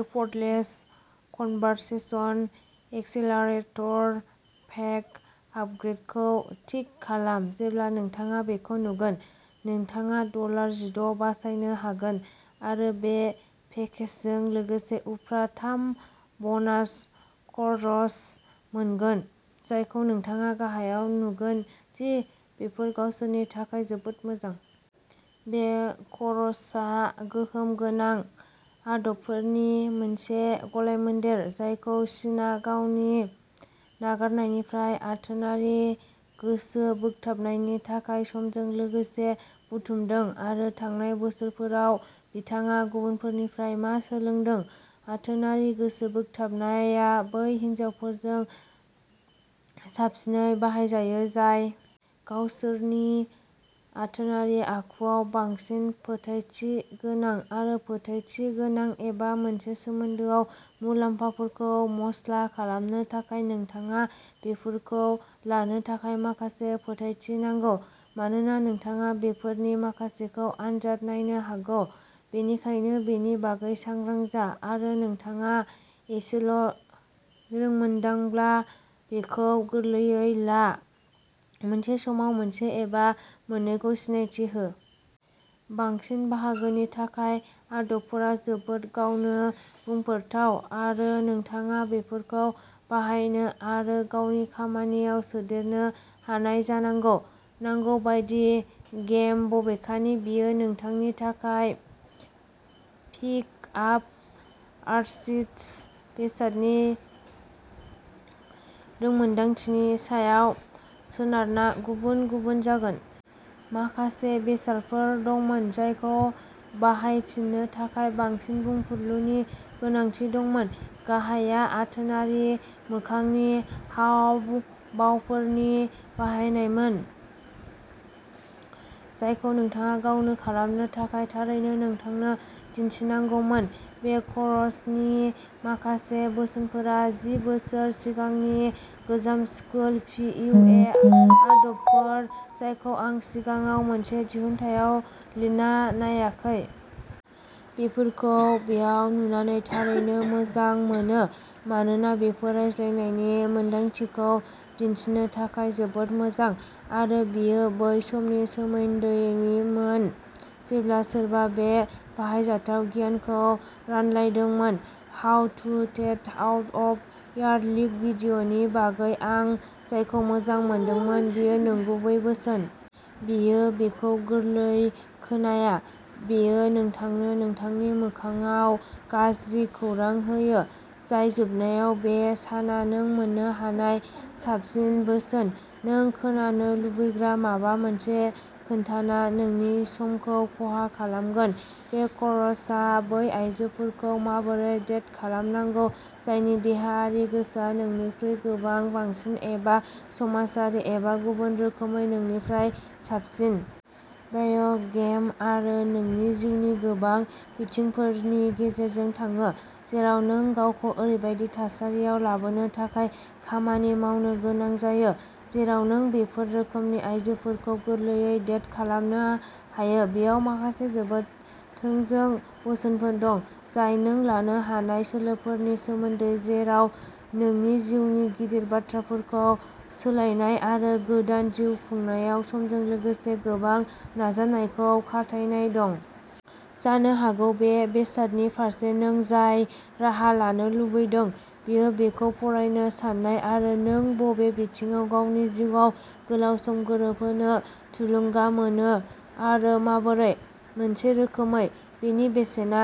"Effortless conversation accelerator pack" आपग्रेदखौ tick खालाम जेब्ला नोंथाङा बेखौ नुगोन। नोंथाङा डलार जिद' बासायनो हागोन आरो बे पेकेजजों लोगोसे उफ्रा थाम ब'नास क'रस मोनगोन, जायखौ नोंथाङा गाहायाव नुगोन दि बेफोर गावसोरनि थाखाय जोबोद मोजां। बे क'रसआ गोहोम गोनां आदबफोरनि मोनसे गलायमोन्देर जायखौ सिनआ गावनि नागारनायनिफ्राय आथोनारि गोसो बोगथाबनायनि थाखाय समजों लोगोसे बुथुमदों आरो थांनाय बोसोरफोराव बिथाङा गुबुनफोरनिफ्राय मा सोलोंदों। आथोनारि गोसो बोगथाबनाया बै हिनजावसाफोरजों साबसिनै बाहायजायो जाय गावसोरनि आथोनारि आखुआव बांसिन फोथायथि गोनां आरो फोथायथि गोनां एबा मोनसे सोमोन्दोआव मुवाफोरखौ मस्ला खालामनो थाखाय नोंथाङा बेफोरखौ लानो थाखाय माखासे फोथायथि नांगौ, मानोना नोंथाङा बेफोरनि माखासेखौ आनजाद नायनो हागौ, बेनिखायनो बेनि बागै सांग्रां जा आरो नोंथाङा एसेल' रोंमोन्दांब्ला बेखौ गोरलैयै ला, मोनसे समाव मोनसे एबा मोननैखौ सिनायथि हो। बांसिन बाहागोनि थाखाय, आदबफोरा जोबोद गावनो बुंफोरथाव आरो नोंथाङा बेफोरखौ बाहायनो आरो गावनि खामानियाव सोदेरनो हानाय जानांगौ। नांगौ बायदि 'गेम'। बबेखानि, बेयो नोंथांनि थाखानाय पिक आप आर्टिस्ट बेसादनि रोंमोनदांथिनि सायाव सोनारना गुबुन-गुबुन जागोन। माखासे बेसादफोर दंमोन जायखौ बाहायफिननो थाखाय बांसिन बुंफुरलुनि गोनांथि दंमोन गाहायआ आथोनारि मोखांनि हाव भावफोरनि बाहायनायमोन, जायखौ नोंथाङा गावनो खालामनो थाखाय थारैनो नोंथांनो दिन्थिनांगौमोन। बे करसनि माखासे बोसोनफोरा जि बोसोर सिगांनि गोजाम स्कुल पि इउ ए आदबफोर जायखौ आं सिगाङाव मोनसे दिहुनथायाव लिरना नायाखै। बेफोरखौ बेयाव नुनानै थारैनो मोजां मोनो, मानोना बेफोर रायज्लायनायनि मोनदांथिखौ दिन्थिनो थाखाय जोबोद मोजां आरो बेयो बै समनि सोमोन्दैमोन जेब्ला सोरबा बे बाहायजाथाव गियानखौ रानलायदोंमोन। How to date out of your league भिडिय'नि बागै आं जायखौ मोजां मोनदोंमोन बेयो नंगुबै बोसोन। बेयो बेखौ गोरलै खोनाया, बेयो नोंथांनो नोंथांनि मोखांआव'गाज्रि खौरां'होयो। जाय जोबनायाव। बे साना नों मोन्नो हानाय साबसिन बोसोन। नों खोनानो लुबैग्रा माबा मोनसे खोन्थाना नोंनि समखौ खहा खालामगोन। बे करसआ बै आयजोफोरखौ माबोरै डेट खालामनांगौ जायनि देहायारि गोसोआ नोंनिख्रुइ गोबां बांसिन एबा समाजारि एबा गुबुन रोखोमै नोंनिफ्राय साबसिन। बेयो'गेम' आरो नोंनि जिउनि गोबां बिथिंफोरनि गेजेरजों थाङो, जेराव नों गावखौ ओरैबायदि थासारियाव लाबोनो थाखाय खामानि मावनो गोनां जायो, जेराव नों बेफोर रोखोमनि आयजोफोरखौ गोरलैयै डेट खालामनो हायो। बेयाव माखासे जोबोद थोंजों बोसोनफोर दं, जाय नों लानो हानाय सोलोफोरनि सोमोन्दै, जेराव नोंनि जिउनि गिदिर बाथ्राफोरखौ सोलायनाय आरो गोदान जिउ खुंनायाव समजों लोगोसे गोबां नाजानायखौ खाथायनाय दं। जानो हागौ बे बेसादनि फारसे नों जाय राहा लानो लुबैदों, बेयो बेखौ फरायनो सान्नाय आरो नों बबे बिथिङाव गावनि जिउआव गोलाव सम गोरोबहोनो थुलुंगा मोनो आरो माबोरै। मोनसे रोखोमै, बेनि बेसेना।